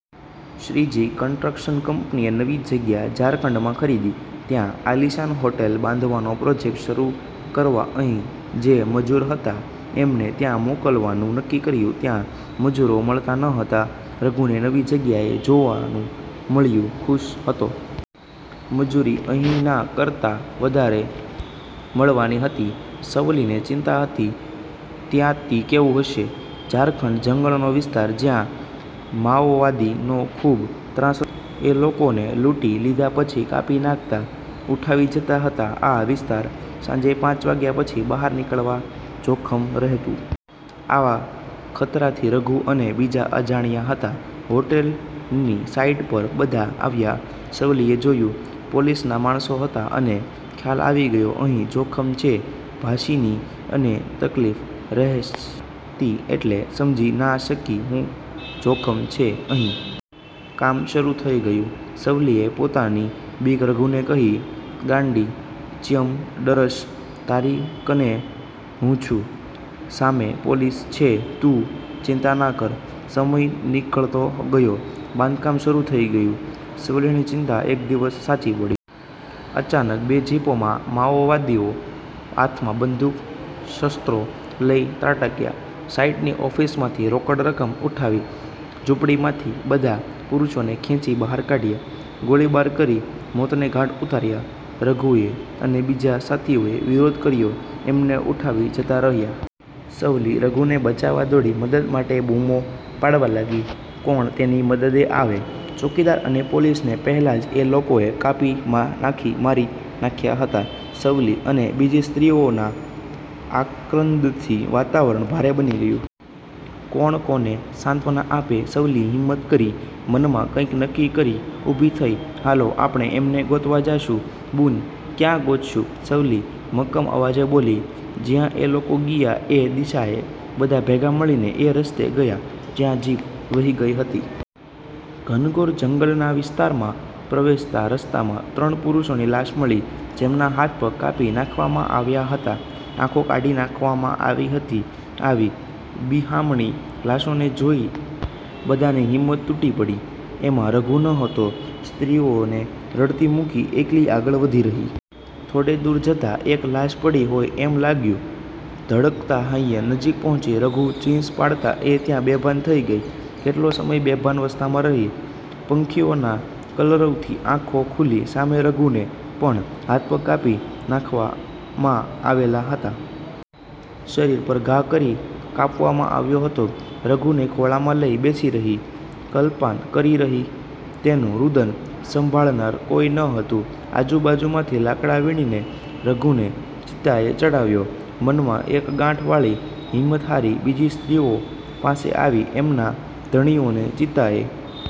Shriji construction' કંપનીએ નવી જગ્યા ઝારખંડમાં ખરીદી, ત્યાં આલિશાન હોટેલ બાંધવાનો પ્રોજેક્ટ શરૂ કરવા, અહીં જે મજુરો હતા એમને ત્યાં મોકલવાનું નક્કી કર્યું. ત્યાં મજૂરો મળતા નહોતા. રઘુને નવી જગાએ જવાનું મળ્યું, ખુશ હતો. મજૂરી અહીંના કરતા વધારે મળવાની હતી. સવલીને ચિંતા હતી "ત્યિયા કેવું હશે?" ઝારખંડ જંગલનો વિસ્તાર, જ્યાં 'માઓવાદી'નો ખૂબ ત્રાસ હતો. એ લોકોને લૂંટી લીધા પછી કાપી નાખતા, ઉઠાવી જતા હતા. આ વિસ્તારમાં સાંજે પાંચ વાગ્યા પછી બહાર નીકળવામાં જોખમ રહેતું. આવા ખતરાથી રઘુ અને બીજા અજાણ્યા હતા. હોટલની સાઇટ પર બધા આવ્યાં, સવલીએ જોયું, પોલીસના માણસો હતા. એને ખ્યાલ આવી ગયો, અહીં જોખમ છે. ભાષાની એને તકલીફ રહેતી, એટલે સમજી ના શકી શું જોખમ છે અહીં. કામ શરૂ થઇ ગયું. સવલીએ પોતાની બીક રઘુને કહી. "ગાંડી ચ્યમ ડરશ? તારી કને હું છું, સામે પોલીસ છે, તું ચિંતા ના કર" સમય નીકળતો ગયો, બાંધકામ શરૂ થઈ ગયું. સવલીની ચિંતા એક દિવસ સાચી પડી. અચાનક બે જીપોમાં માઓવાદીઓ હાથમાં બંદૂક, શસ્ત્રો લઈ ત્રાટક્યા. સાઇટની ઓફિસમાંથી રોકડ રકમ ઉઠાવી, ઝૂંપડીમાંથી બધા પુરુષોને ખેંચી બહાર કાઢ્યા. ગોળીબાર કરી મોતને ઘાટ ઉતાર્યા. રઘુએ અને બીજા સાથીઓએ વિરોધ કર્યો, એમને ઉઠાવી જતા રહ્યા. સવલી રઘુને બચાવવા દોડી, મદદ માટે બૂમો પાડવા લાગી. કોણ તેની મદદે આવે? ચોકીદાર અને પોલીસને પહેલા જ એ લોકોએ કાપી નાખી મારી નાખ્યા હતા. સવલી અને બીજી સ્ત્રીઓના આક્રંદથી વાતાવરણ ભારે બની ગયું. કોણ કોને સાંત્વના આપે? સવલી હિંમત કરી મનમાં કંઈક નક્કી કરી ઊભી થઈ. "હાલો, આપણે એમને ગોતવા જાશું." "બુન, ક્યાં ગોતીશું?" સવલી મક્કમ અવાજે બોલી, "જીયા એ લોકો ગિયા એ દિશાએ." બધા ભેગા મળીને એ રસ્તે ગયા, જ્યાં જીપ વહી ગઇ હતી. ઘનઘોર જંગલ વિસ્તારમાં પ્રવેશતાં રસ્તામાં ત્રણ પુરૂષોની લાશ મળી. જેમના હાથ-પગ કાપી નાખવામાં આવ્યા હતા, આંખો કાઢી નાખવામાં આવી હતી. આવી બિહામણી લાશોને જોઈ બધાની હિંમત તૂટી પડી. એમાં રઘુ નહતો, સ્ત્રીઓને રડતી મૂકી એકલી આગળ વધતી રહી. થોડે દૂર જતાં એક લાશ પડી હોય એમ લાગ્યું. ધડકતા હૈયે નજીક પહોંચી, રઘુ? ચીસ પાડતાં એ ત્યાં બેભાન થઈ ગઈ. કેટલો સમય બેભાનાવસ્થામાં રહી. પંખીઓના કલરવથી આંખો ખૂલી, સામે રઘુને પણ, હાથ-પગ કાપી નાખવામાં આવેલા હતા. શરીર પર ઘા કરી કાપવામાં આવ્યો હતો. રઘુને ખોળામાં લઈને બેસી રહી, કલ્પાંત કરતી રહી. તેનું રૂદન સાંભળનાર કોઈ નહોતું. આજુબાજુમાંથી લાકડા વીણીને, રઘુને ચિતાએ ચઢાવ્યો. મનમાં એક ગાંઠ વાળી. હિમત કરી, બીજી સ્ત્રીઓ પાસે આવી. એમના ધણીઓને ચિતાએ